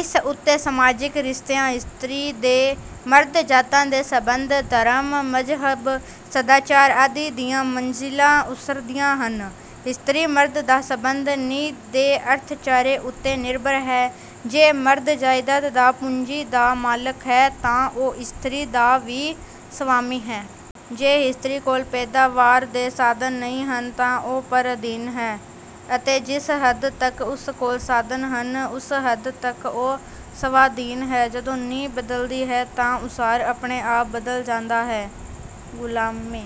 ਇਸ ਉੱਤੇ ਸਮਾਜਿਕ, ਰਿਸ਼ਤਿਆਂ, ਇਸਤਰੀ ਤੇ ਮਰਦ, ਜਾਤਾਂ ਦੇ ਸਬੰਧ, ਧਰਮ, ਮਜ਼ਹਬ, ਸਦਾਚਾਰ ਆਦਿ ਦੀਆਂ ਮੰਜ਼ਿਲਾਂ ਉਸਰਦੀਆਂ ਹਨ। ਇਸਤਰੀ-ਮਰਦ ਦਾ ਸਬੰਧ ਨੀਂਹ ਦੇ ਅਰਥਚਾਰੇ ਉੱਤੇ ਨਿਰਭਰ ਹੈ। ਜੇ ਮਰਦ ਜਾਇਦਾਦ ਜਾਂ ਪੂੰਜੀ ਦਾ ਮਾਲਕ ਹੈ ਤਾਂ ਉਹ ਇਸਤਰੀ ਦਾ ਵੀ ਸਵਾਮੀ ਹੈ। ਜੇ ਇਸਤਰੀ ਕੋਲ ਪੈਦਾਵਾਰ ਦੇ ਸਾਧਨ ਨਹੀਂ ਹਨ, ਤਾਂ ਉਹ ਪਰ-ਅਧੀਨ ਹੈ; ਅਤੇ ਜਿਸ ਹੱਦ ਤੱਕ ਉਸ ਕੋਲ ਸਾਧਨ ਹਨ, ਉਸ ਹੱਦ ਤੱਕ ਉਹ ਸਵਾਧੀਨ ਹੈ। ਜਦੋਂ ਨੀਂਹ ਬਦਲਦੀ ਹੈ ਤਾਂ ਉਸਾਰ ਆਪਣੇ ਆਪ ਬਦਲ ਜਾਂਦਾ ਹੈ। ਗੁਲਾਮੀ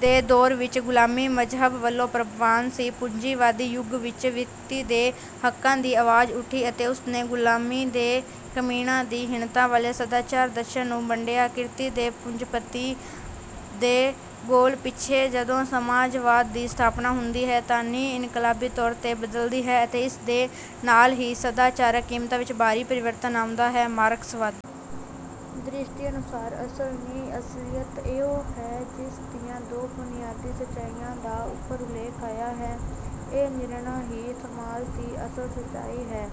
ਦੇ ਦੌਰ ਵਿੱਚ ਗੁਲਾਮੀ ਮਜ਼ਹਬ ਵੱਲੋਂ ਪ੍ਰਵਾਨ ਸੀ। ਪੂੰਜੀਵਾਦੀ ਯੁੱਗ ਵਿੱਚ ਵਿਅਕਤੀ ਦੇ ਹੱਕਾਂ ਦੀ ਆਵਾਜ਼ ਉੱਠੀ ਅਤੇ ਉਸ ਨੇ ਗੁਲਾਮੀ ਤੇ ਕਮੀਣਾਂ ਦੀ ਹੀਣਤਾ ਵਾਲੇ ਸਦਾਚਾਰ ਦਰਸ਼ਨ ਨੂੰ ਭੰਡਿਆ। ਕਿਰਤੀ ਤੇ ਪੂੰਜੀਪਤੀਆਂ ਦੇ ਘੋਲ ਪਿੱਛੋਂ ਜਦੋਂ ਸਮਾਜਵਾਦ ਦੀ ਸਥਾਪਨਾ ਹੁੰਦੀ ਹੈ, ਤਾਂ ਨੀਂਹ ਇਨਕਲਾਬੀ ਤੌਰ 'ਤੇ ਬਦਲਦੀ ਹੈ ਅਤੇ ਇਸ ਦੇ ਨਾਲ ਹੀ ਸਦਾਚਾਰਕ ਕੀਮਤਾਂ ਵਿੱਚ ਭਾਰੀ ਪਰਿਵਰਤਨ ਆਉਂਦਾ ਹੈ। ਮਾਰਕਸਵਾਦੀ ਦ੍ਰਿਸ਼ਟੀ ਅਨੁਸਾਰ ਅਸਲ ਨੀਂਹ-ਅਸਲੀਅਤ ਇਹੋ ਹੈ, ਜਿਸ ਦੀਆਂ ਦੋ ਬੁਨਿਆਦੀ ਸੱਚਾਈਆਂ ਦਾ ਉੱਪਰ ਉਲੇਖ ਆਇਆ ਹੈ। ਇਹ ਨਿਰਣਾ ਹੀ ਸਮਾਜ ਦੀ ਅਸਲ ਸੱਚਾਈ ਹੈ।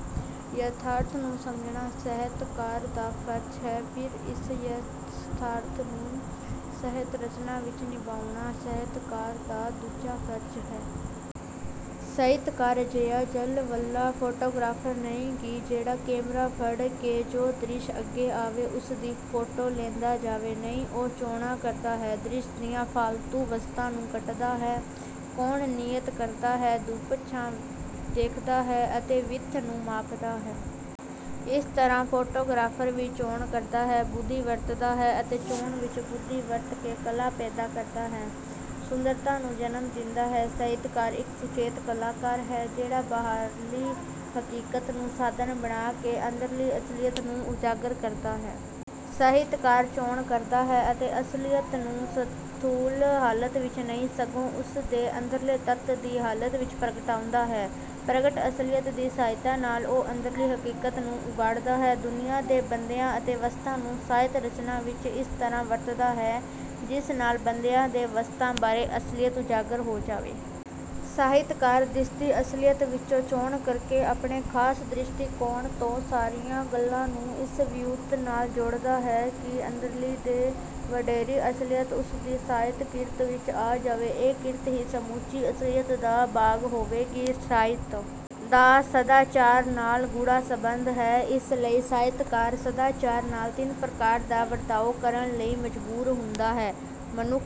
ਯਥਾਰਥ ਨੂੰ ਸਮਝਣਾ ਸਾਹਿਤਕਾਰ ਦਾ ਫਰਜ਼ ਹੈ, ਫਿਰ ਇਸ ਯਥਾਰਥ ਨੂੰ ਸਾਹਿਤ-ਰਚਨਾ ਵਿੱਚ ਨਿਭਾਉਣਾ ਸਾਹਿਤਕਾਰ ਦਾ ਦੂਜਾ ਫਰਜ਼ ਹੈ। ਸਾਹਿਤਕਾਰ ਅਜਿਹਾ ਝੱਲ-ਵੱਲ੍ਹਾ ਫੋਟੋਗ੍ਰਾਫਰ ਨਹੀਂ ਕਿ ਜਿਹੜਾ ਕੈਮਰਾ ਫੜ ਕੇ ਜੋ ਦ੍ਰਿਸ਼ ਅੱਗੇ ਆਵੇ, ਉਸ ਦੀ ਫੋਟੋ ਲੈਂਦਾ ਜਾਵੇ। ਨਹੀਂ, ਉਹ ਚੋਣ ਕਰਦਾ ਹੈ, ਦ੍ਰਿਸ਼ ਦੀਆਂ ਫਾਲਤੂ ਵਸਤਾਂ ਨੂੰ ਕੱਟਦਾ ਹੈ, ਕੋਣ ਨੀਅਤ ਕਰਦਾ ਹੈ, ਧੁੱਪ-ਛਾਂ ਦੇਖਦਾ ਹੈ ਅਤੇ ਵਿੱਥ ਨੂੰ ਮਾਪਦਾ ਹੈ। ਇਸ ਤਰ੍ਹਾਂ ਫੋਟੋਗ੍ਰਾਫਰ ਵੀ ਚੋਣ ਕਰਦਾ ਹੈ, ਬੁੱਧੀ ਵਰਤਦਾ ਹੈ ਅਤੇ ਚੋਣ ਵਿੱਚ ਬੁੱਧੀ ਵਰਤ ਕੇ ਕਲਾ ਪੈਦਾ ਕਰਦਾ ਹੈ, ਸੁੰਦਰਤਾ ਨੂੰ ਜਨਮ ਦਿੰਦਾ ਹੈ। ਸਾਹਿਤਕਾਰ ਇੱਕ ਸੁਚੇਤ ਕਲਾਕਾਰ ਹੈ, ਜਿਹੜਾ ਬਾਹਰਲੀ ਹਕੀਕਤ ਨੂੰ ਸਾਧਨ ਬਣਾ ਕੇ ਅੰਦਰਲੀ ਅਸਲੀਅਤ ਨੂੰ ਉਜਾਗਰ ਕਰਦਾ ਹੈ। ਸਾਹਿਤਕਾਰ ਚੋਣ ਕਰਦਾ ਹੈ ਅਤੇ ਅਸਲੀਅਤ ਨੂੰ ਸਥੂਲ ਹਾਲਤ ਵਿੱਚ ਨਹੀਂ, ਸਗੋਂ ਉਸ ਦੇ ਅੰਦਰਲੇ ਤੱਤ ਦੀ ਹਾਲਤ ਵਿੱਚ ਪ੍ਰਗਟਾਉਂਦਾ ਹੈ। ਪ੍ਰਗਟ ਅਸਲੀਅਤ ਦੀ ਸਹਾਇਤਾ ਨਾਲ ਉਹ ਅੰਦਰਲੀ ਹਕੀਕਤ ਨੂੰ ਉਘਾੜਦਾ ਹੈ। ਦੁਨੀਆ ਦੇ ਬੰਦਿਆਂ ਅਤੇ ਵਸਤਾਂ ਨੂੰ ਸਾਹਿਤ-ਰਚਨਾ ਵਿੱਚ ਇਸ ਤਰ੍ਹਾਂ ਵਰਤਦਾ ਹੈ, ਜਿਸ ਨਾਲ ਬੰਦਿਆਂ ਤੇ ਵਸਤਾਂ ਬਾਰੇ ਅਸਲੀਅਤ ਉਜਾਗਰ ਹੋ ਜਾਵੇ। ਸਾਹਿਤਕਾਰ ਦਿਸਦੀ ਅਸਲੀਅਤ ਵਿੱਚੋਂ ਚੋਣ ਕਰਕੇ ਆਪਣੇ ਖਾਸ ਦ੍ਰਿਸ਼ਟੀਕੋਣ ਤੋਂ ਸਾਰੀਆਂ ਗੱਲਾਂ ਨੂੰ ਇਸ ਵਿਉਂਤ ਨਾਲ ਜੋੜਦਾ ਹੈ ਕਿ ਅੰਦਰਲੀ ਤੇ ਵਡੇਰੀ ਅਸਲੀਅਤ ਉਸ ਦੀ ਸਾਹਿਤ-ਕਿਰਤ ਵਿੱਚ ਆ ਜਾਵੇ। ਇਹ ਕਿਰਤ ਹੀ ਸਮੁੱਚੀ ਅਸਲੀਅਤ ਦਾ ਭਾਗ ਹੋਵੇਗੀ। ਸਾਹਿਤ ਦਾ ਸਦਾਚਾਰ ਨਾਲ ਗੂੜ੍ਹਾ ਸਬੰਧ ਹੈ। ਇਸ ਲਈ ਸਾਹਿਤਕਾਰ ਸਦਾਚਾਰ ਨਾਲ ਤਿੰਨ ਪ੍ਰਕਾਰ ਦਾ ਵਰਤਾਓ ਕਰਨ ਲਈ ਮਜ਼ਬੂਰ ਹੁੰਦਾ ਹੈ ਮਨੁੱਖ...